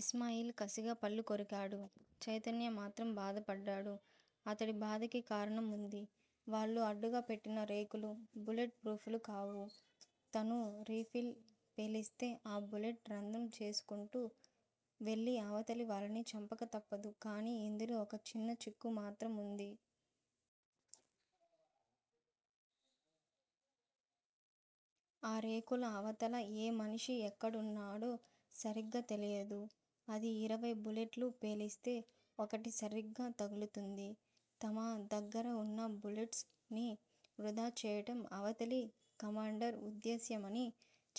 ఇస్మాయిల్ కసిగా పళ్ళు కొరికాడు. చైతన్య మాత్రం బాధపడ్డాడు. అతడి బాధకి కారణం వుంది. వాళ్ళు అడ్డుగా పెట్టిన రేకులు, బుల్లెట్ ఫ్రూఫ్ లు కావు. తను రీఫిల్ పీలిస్తే ఆ బుల్లెట్ రంధ్రం చేసుకుంటూ వెళ్ళి అవతలి వాళ్ళని చంపక తప్పదు. కానీ ఇందులో ఒక చిన్న చిక్కు మాత్రం వుంది. ఆ రేకుల అవతల ఏ మనిషి ఎక్కడున్నాడో సరిగ్గా తెలియదు. అది ఇరవై బుల్లెట్లు పేలిస్తే ఒకటి సరీగ్గా తగులుతుంది. తమ దగ్గరవున్న బుల్లెట్స్ ని వృధాచేయటం అవతలి కమాండర్ ఉద్దేశ్యమని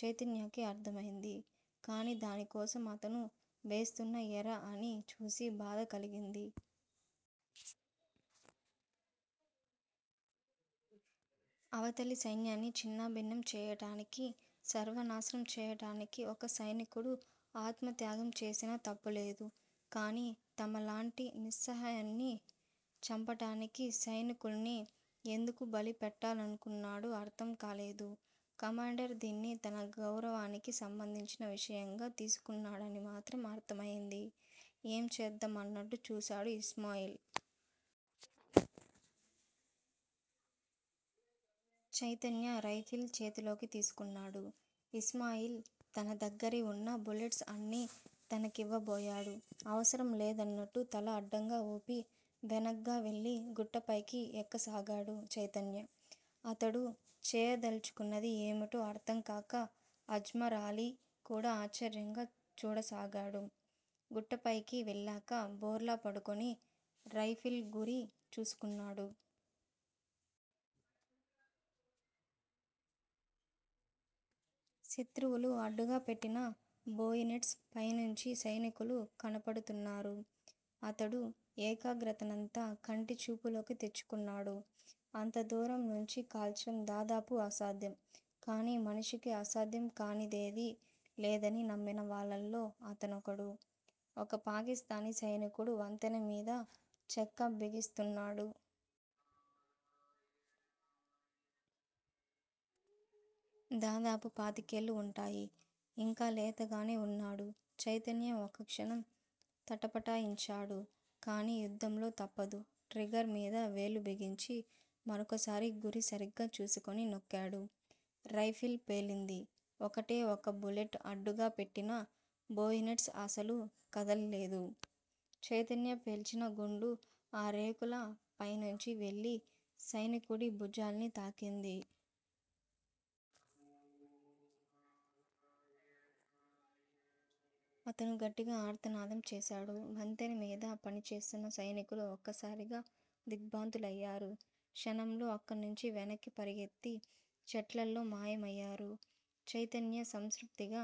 చైతన్యకి అర్ధమైంది. కానీ దానికోసం అతను వేస్తున్న ఎర అని చూసి బాధ కలిగింది. అవతలి సైన్యాన్ని ఛిన్నాభిన్నం చేయటానికి, సర్వనాశనం చేయటానికీ ఒక సైనికుడు ఆత్మత్యాగం చేసినా తప్పులేదు. కానీ తమలాంటి నిస్సహాయుల్ని చంపటానికి సైనుకుల్ని ఎందుకు బలి పెట్టాలనుకున్నాడో అర్ధంకాలేదు. కమాండర్ దీన్ని తన గౌరవానికి సంబంధించిన విషయంగా తీసుకున్నాడని మాత్రం అర్ధం అయింది. ఏం చేద్దాం అన్నట్టు చూశాడు ఇస్మాయిల్. చైతన్య రైఫిల్ చేతిలోకి తీసుకున్నాడు. ఇస్మాయిల్ తన దగ్గిరవున్న బుల్లెట్స్ అన్నీ తనకివ్వబోయాడు. అవసరం లేదన్నట్టు తల అడ్డంగా వూపి, వెనగ్గా వెళ్ళి గుట్ట పైకి ఎక్కసాగాడు చైతన్య. అతడు చేయదల్చుకున్నది ఏమిటో అర్ధంకాక అజ్మరాలీ కూడా ఆశ్చర్యంగా చూడసాగాడు. గుట్టపైకి వెళ్ళాక బోర్లా పడుకుని, రైఫిల్ గురి చూసుకున్నాడు. శత్రువులు అడ్డుగా పెట్టిన బోయినెట్స్ పైనుంచి సైనికులు కనపడుతున్నారు. అతడు ఏకాగ్రతనంతా కంటి చూపులోకి తెచ్చుకున్నాడు. అంత దూరం నుంచి కాల్చటం దాదాపు అసాధ్యం. కానీ మనిషికి అసాధ్యం కానిదేదీ లేదని నమ్మిన వాళ్ళల్లో అతనొకడు. ఒక పాకిస్తానీ సైనికుడు వంతెన మీద చెక్క బిగిస్తున్నాడు. దాదాపు పాతికేళ్ళు వుంటాయి. ఇంకా లేతగానే వున్నాడు. చైతన్య ఒక్కక్షణం తటపటాయించాడు. కానీ యుద్ధంలో తప్పదు. ట్రిగ్గర్ మీద వేలు బిగించి. మరొకసారి గురి సరిగ్గా చూసుకుని నొక్కాడు. రైఫిల్ పేలింది. ఒకటే ఒక బుల్లెట్ అడ్డుగా పెట్టిన బోయినెట్స్ అసలు కదల్లేదు. చైతన్య పేల్చిన గుండు ఆ రేకుల పైనుంచి వెళ్ళి సైనికుడి భుజాల్ని తాకింది. అతను గట్టిగా ఆర్తనాదం చేశాడు. వంతెన మీద పని చేస్తున్న సైనికులు ఒక్కసారిగా దిగ్భ్రాంతులయ్యారు. క్షణంలో అక్కణ్ణుంచి వెనక్కి పరుగెత్తి చెట్లలో మాయమయ్యారు. చైతన్య సంతృప్తిగా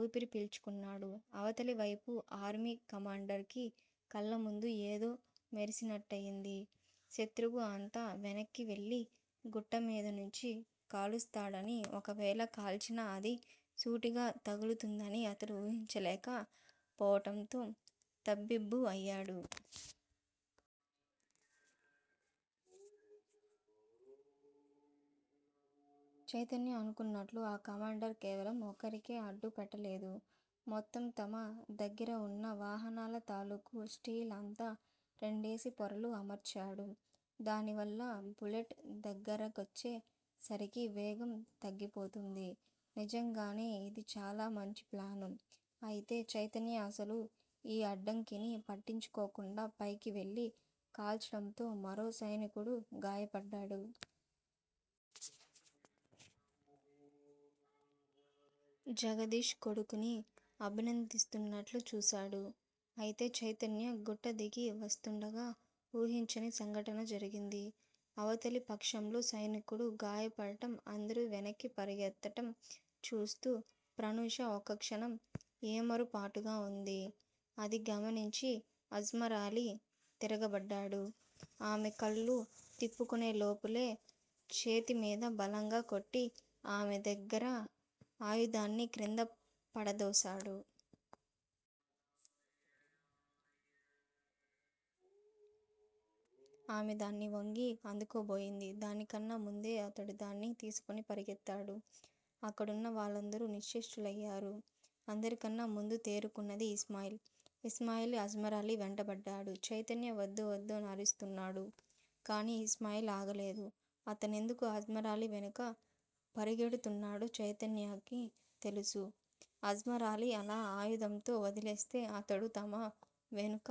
ఊపిరి పీల్చుకున్నాడు. అవతలివైపు ఆర్మీ కమాండర్ కి కళ్ళముందు ఏదో మెరిసినట్టయింది. శత్రువు అంత వెనక్కి వెళ్ళి గుట్ట మీద నుంచి కాలుస్తాడనీ, ఒకవేళ కాల్చినా అది సూటిగా తగులుతుందనీ అతడు ఊహించలేక పోవటంతో తబ్బిబ్బు అయ్యాడు. చైతన్య అనుకున్నట్లు ఆ కమాండర్ కేవలం ఒక్క రికే అడ్డు పెట్టలేదు. మొత్తం తమ దగ్గిర వున్న వాహనాల తాలూకు స్టీల్ అంతా రెండేసి పొరలు అమర్చాడు. దానివల్ల బుల్లెట్ దగ్గరకొచ్చే సరికి వేగం తగ్గిపోతుంది. నిజంగానే ఇది చాలా మంచి ప్లాను. అయితే చైతన్య అసలు ఈ అడ్డంకిని పట్టించుకోకుండా పైకి వెళ్ళి కాల్చటంతో మరో సైనికుడు గాయపడ్డాడు. జగదీష్ కొడుకుని అభినందిస్తున్నట్లు చూశాడు. అయితే చైతన్య గుట్ట దిగి వస్తూండగా ఊహించని సంఘటన జరిగింది. అవతలి పక్షంలో సైనికుడు గాయపడటం, అందరూ వెనక్కి పరుగెత్తటం చూస్తూ ప్రనూష ఒక్కక్షణం ఏమరుపాటుగా వుంది. అది గమనించి అజ్మరాలీ తిరగబడ్డాడు. ఆమె కళ్ళు తిప్పుకునే లోపులే, చేతి మీద బలంగా కొట్టి ఆమె దగ్గర ఆయుధాన్ని క్రింద పడతోసాడు. ఆమె దాన్ని వంగి అందుకోబోయింది. దాని కన్నా ముందే అతడు దాన్ని తీసుకుని పరుగెత్తాడు. అక్కడున్న వాళ్ళందరూ నిశ్చేష్టులయ్యారు. అందరికన్నా ముందు తేరుకున్నది ఇస్మాయిల్. ఇస్మాయిల్, అజ్మరాలీ వెంటబడ్డాడు. చైతన్య వద్దు-వద్దు అని అరుస్తున్నాడు. కానీ ఇస్మాయిల్ ఆగలేదు. అతనెందుకు అజ్మరాలీ వెనుక పరుగెడుతున్నాడో చైతన్యకి తెలుసు. అజ్మరాలీ అలా ఆయుధంతో వదిలేస్తే అతడు తమ వెనుక